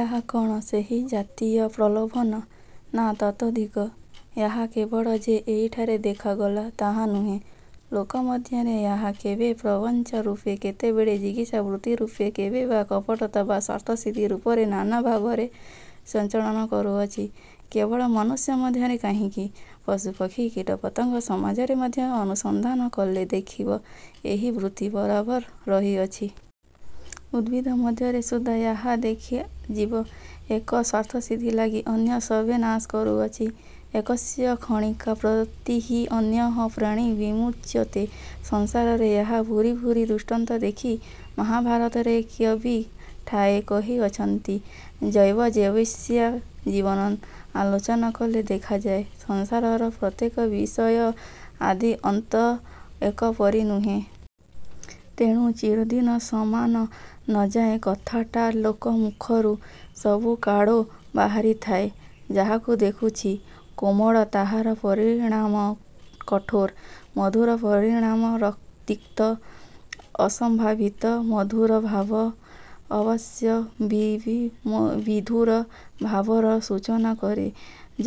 ଏହା କଣ ସେହି ଜାତୀୟ ପ୍ରଲୋଭନ? ନା ତତୋଽଧିକ! ଏହା କେବଳ ଯେ ଏହିଠାରେ ଦେଖା ଗଲା, ତାହା ନୁହେଁ; ଲୋକ। ମଧ୍ୟରେ ଏହା କେବେ ପ୍ରବଞ୍ଚନା-ରୂପେ କେତେବେଳେ ଜିଗୀଷାବୃତ୍ତିରୂପେ କେବେ ବା କପଟତା ବା ସ୍ୱାର୍ଥସିଦ୍ଧି ରୂପରେ ନାନା ଭାବରେ ସଞ୍ଚରଣ କରୁଅଛି। କେବଳ ମନୁଷ୍ୟ ମଧ୍ୟରେ କାହିଁକି, ପଶୁ ପକ୍ଷୀ କୀଟ ପତଙ୍ଗ ସମାଜରେ ମଧ୍ୟ ଅନୁସନ୍ଧାନ କଲେ ଦେଖିବ, ଏହି ବୃତ୍ତି ବରାବର ରହିଅଛି। ଉଦ୍ଭିଦ ମଧ୍ୟରେ ସୁଦ୍ଧା ଏହା ଦେଖାଯିବ। ଏକ ସ୍ୱାର୍ଥସିଦ୍ଧିଲାଗି ଅନ୍ୟର ସର୍ବନାଶ କରୁଅଛି! 'ଏକସ୍ୟ କ୍ଷଣିକା ପ୍ରୀତିଃ ଅନ୍ୟଃ ପ୍ରାଣୈ ର୍ବିମୁଚ୍ୟତେ। ' ସଂସାରରେ ଏହାର ଭୂରି ଭୂରି ଦୃଷ୍ଟାନ୍ତ ଦେଖି ମହାଭାରତରେ କବି ଠାଏ କହିଅଛନ୍ତି 'ଜୀବୋଜୀବସ୍ୟ ଜୀବନଂ'। ଆଲୋଚନା କଲେ ଦେଖାଯାଏ, ସଂସାରର ପ୍ରତ୍ୟେକ ବିଷୟର ଆଦି ଅନ୍ତ ଏକା ପରି ନୁହେଁ। ତେଣୁ 'ଚିରଦିନ ସମାନ ନ ଯା'ଏ କଥାଟା ଲୋକମୁଖରୁ ସବୁ କାଳେ ବାହାରି ଥାଏ। ଯାହାକୁ ଦେଖିଛୁ କୋମଳ ତାହାର ପରିଣାମ କଠୋର। ମଧୁରର ପରିଣାମ ତିକ୍ତ। ଅସମ୍ଭାବିତ ମଧୁର ଭାବ ଅବଶ୍ୟମ୍ଭାବୀ ବିଧୁର ଭାବର ସୂଚନା କରେ।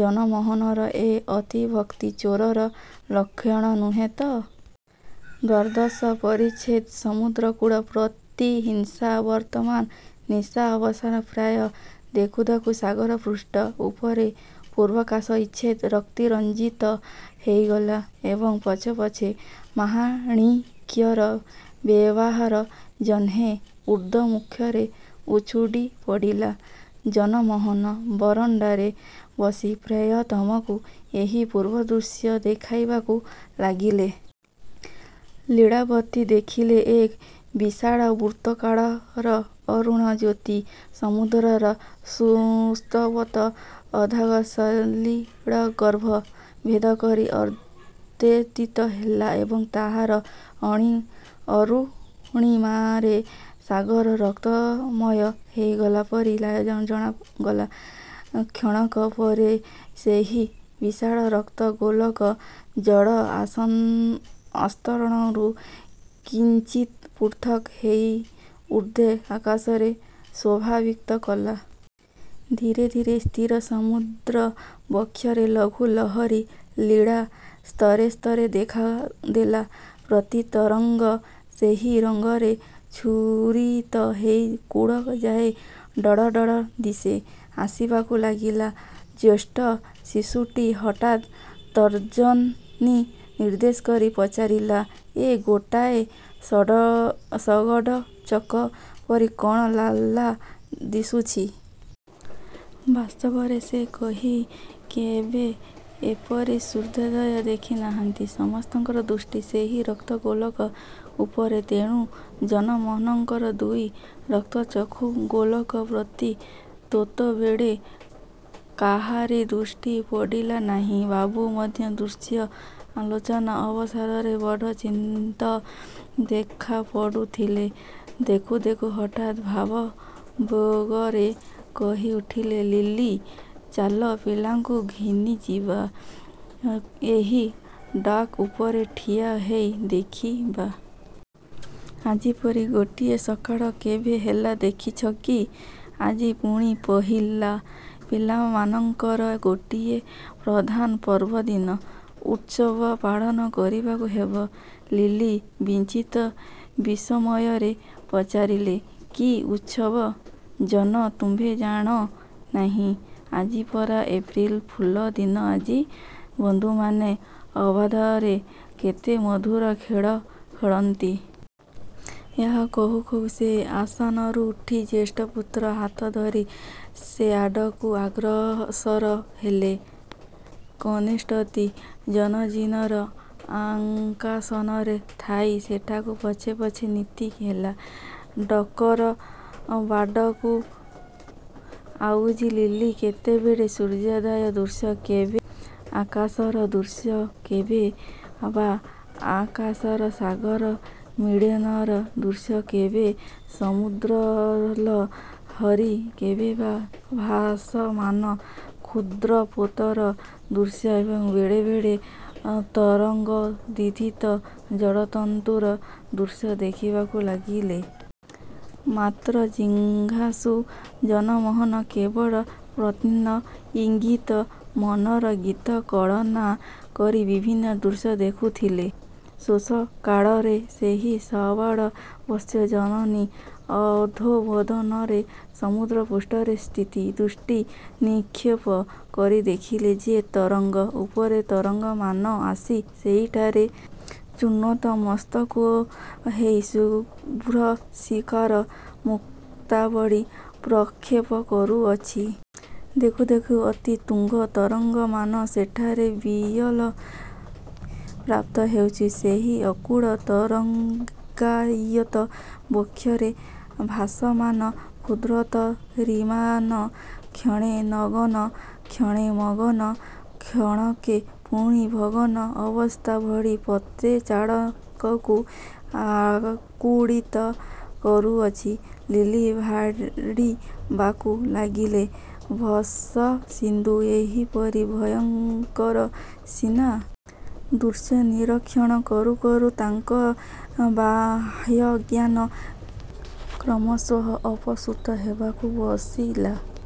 ଜନମୋହନର ଏ ଅତିଭକ୍ତି ଚୋରର ଲକ୍ଷଣ ନୁହେଁ ତ? ଦ୍ୱାଦଶ ପରିଚ୍ଛେଦ ସମୁଦ୍ର କୂଳ-ପ୍ରତିହିଂସା ବର୍ତ୍ତମାନ ନିଶା ଅବସାନ ପ୍ରାୟ। ଦେଖୁ ଦେଖୁ ସାଗରପୃଷ୍ଠ ଉପରେ ପୂର୍ବାକାଶ ଇଷତ୍ ରକ୍ତରଞ୍ଜିତ ହୋଇଗଲା ଏବଂ ପଛେ ପଛେ ମହାମାଣିକ୍ୟର ପ୍ରବାହ ଯେହ୍ନେ ଉର୍ଦ୍ଧ୍ୱମୁଖରେ ଉଛୁଳି ପଡ଼ିଲା। ଜନମୋହନ ବରଣ୍ଡାରେ ବସି ପ୍ରିୟତମାକୁ ଏହି ଅପୂର୍ବ ଦୃଶ୍ୟ ଦେଖାଇବାକୁ ଲାଗିଲେ। ଲୀଳାବତୀ ଦେଖିଲେ, ଏକ ବିଶାଳ ବର୍ତ୍ତୁଳାକାଳର ଅରୁଣଜ୍ୟୋତି ସମୁଦ୍ରର ସ୍ତବ୍ଧତର ଅଗାଧ ସଲିଳଗର୍ଭ ଭେଦ କରି ଅର୍ଦ୍ଧୋଦିତ ହେଲା ଏବଂ ତାହାର ଅରୁଣିମାରେ ସାଗର ରକ୍ତମୟ ହୋଇଗଲା ପରି ଜଣାଗଲା। କ୍ଷଣକ ପରେ ସେହି ବିଶାଳ ରକ୍ତଗୋଲକ ଜଳ ଆସ୍ତରଣରୁ କିଞ୍ଚିତ୍ ପୃଥକ ହୋଇ ଊର୍ଦ୍ଧ୍ୱ ଆକାଶରେ ଶୋଭା ବିସ୍ତାର କଲା। ଧୀରେ ଧୀରେ ସ୍ଥିର ସମୁଦ୍ର ବକ୍ଷରେ ଲଘୁଲହରୀ ଲୀଳା ସ୍ତରେ ସ୍ତରେ ଦେଖା ଦେଲା। ପ୍ରତି ତରଙ୍ଗ ସେହି ରଙ୍ଗରେ ଛୁରିତ ହୋଇ କୂଳଯାଏ ଢଳ ଢଳ ଦିଶି ଆସିବାକୁ ଲାଗିଲା। ଜ୍ୟେଷ୍ଠ ଶିଶୁଟି ହଠାତ୍ ତର୍ଜନୀ ନିର୍ଦ୍ଦେଶ କରି ପଚାରିଲା- ଏ ଗୋଟାଏ ଶଗଡ଼ ଚକ ପରି କଣ ଲାଲ ଦିଶୁଛି? ବାସ୍ତବରେ ସେ କେହି କେବେ ଏପରି ସୂର୍ଯ୍ୟୋଦୟ ଦେଖି ନାହାନ୍ତି। ସମସ୍ତଙ୍କର ଦୃଷ୍ଟି ସେହି ରକ୍ତଗୋଲକ ଉପରେ, ତେଣୁ ଜନମୋହନଙ୍କର ଦୁଇ ରକ୍ତଚକ୍ଷୁଗୋଲକ ପ୍ରତି ତେତେବେଳେ କାହାରି ଦୃଷ୍ଟି ପଡ଼ିଲା ନାହିଁ। ବାବୁ ମଧ୍ୟ ଦୃଶ୍ୟର ଆଲୋଚନା ଅବସରରେ ବଡ଼ ଚିନ୍ତିତ ଦେଖାପଡ଼ୁଥିଲେ। ଦେଖୁ ଦେଖୁ ହଠାତ୍ ଭାବାବେଗରେ କହିଉଠିଲେ, ଲିଲି, ଚାଲ ପିଲାଙ୍କୁ ଘେନି ଯିବା, ଏହି ଡକ୍ ଉପରେ ଠିଆ ହୋଇ ଦେଖିବା। ଆଜି ପରି ଗୋଟିଏ ସକାଳ କେବେ ହେଲେ ଦେଖିଛ କି? ଆଜି ପୁଣି ପହିଲା, ପିଲାମାନଙ୍କର ଗୋଟିଏ ପ୍ରଧାନ ପର୍ବଦିନ। ଉତ୍ସବ ପାଳନ କରିବାକୁ ହେବ। ଲିଲି କିଞ୍ଚିତ୍ ବିସ୍ମୟରେ ପଚାରିଲେ ''କି ଉତ୍ସବ? '' ଜନ ତୁମ୍ଭେ ଜାଣ ନାହିଁ। ଆଜି ପରା ଏପ୍ରିଲ ଫୁଲ ଦିନ ଆଜି ବନ୍ଧୁମାନେ ଅବାଧରେ କେତେ ମଧୁର ଖେଳ ଖେଳନ୍ତି। ଏହା କହୁଁ କହୁଁ ସେ ଆସନରୁ ଉଠି ଜ୍ୟେଷ୍ଠପୁତ୍ରର ହାତ ଧରି ସେଆଡ଼କୁ ଅଗ୍ରସର ହେଲେ। କନିଷ୍ଠଟି ଜନନୀର ଅଙ୍କାସନରେ ଥାଇ ସେଠାକୁ ପଛେ ପଛେ ନୀତ ହେଲା। ଡକର ବାଡ଼କୁ ଆଉଜି ଲିଲି କେତେବେଳେ ସୂର୍ଯ୍ୟୋଦୟର ଦୃଶ୍ୟ କେବେ ଆକାଶର ଦୃଶ୍ୟ କେବେ ବା ଆକାଶ ସାଗର ମିଳନର ଦୃଶ୍ୟ କେବେ ସମୁଦ୍ରଲହରୀ କେବେ ବା ଭାସମାନ କ୍ଷୁଦ୍ରପୋତର ଦୃଶ୍ୟ ଏବଂ ବେଳେ ବେଳେ ତରଙ୍ଗୋତ୍ଥିତ ଜଳଜନ୍ତୁର ଦୃଶ୍ୟ ଦେଖିବାକୁ ଲାଗିଲେ। ମାତ୍ର ଜିଘାଂସୁ ଜନମୋହନ କେବଳ ପତ୍ନୀର ଇଙ୍ଗିତ, ମନର ଗତି କଳନା କରି ଭିନ୍ନ ଦୃଶ୍ୟ ଦେଖୁଥିଲେ। ଶେଷକାଳରେ ସେହି ସବାଳବତ୍ସା ଜନନୀ ଅଧୋବଦନରେ ସମୁଦ୍ରପୃଷ୍ଠରେ ସ୍ଥିର ଦୃଷ୍ଟି ନିକ୍ଷେପ କରି ଦେଖିଲେ ଯେ ତରଙ୍ଗ ଉପରେ ତରଙ୍ଗମାନ ଆସି ସେହିଠାରେ ଚୂର୍ଣ୍ଣିତମସ୍ତକ ହୋଇ ଶୁଭ୍ରଶୀକର ମୁକ୍ତାବଳୀ ପ୍ରକ୍ଷେପ କରୁଅଛି। ଦେଖୁ ଦେଖୁ ଅତି ତୁଙ୍ଗ ତରଙ୍ଗମାନ ସେଠାରେ ବିଲୟ ପ୍ରାପ୍ତ ହେଉଅଛି। ସେହି ଅକୂଳ ତରଙ୍ଗାୟିତ ବକ୍ଷରେ ଭାସମାନ କ୍ଷୁଦ୍ରତରୀମାନ କ୍ଷଣେ ନଗ୍ନ କ୍ଷଣେ ମଗ୍ନ କ୍ଷଣକେ ପୁଣି ଭଗ୍ନ ଅବସ୍ଥା ଭଳି ପୋତଚାଳକଙ୍କୁ ଆକୁଳିତ କରୁଅଛି। ଲିଲି ଭାଳିବାକୁ ଲାଗିଲେ, ଭବସିନ୍ଧୁ ଏହିପରି ଭୟଙ୍କର ସିନା! ଦୃଶ୍ୟ ନିରୀକ୍ଷଣ କରୁ କରୁ ତାହାଙ୍କର ବାହ୍ୟଜ୍ଞାନ କ୍ରମଶଃ ଅପସୃତ ହେବାକୁ ବସିଲା।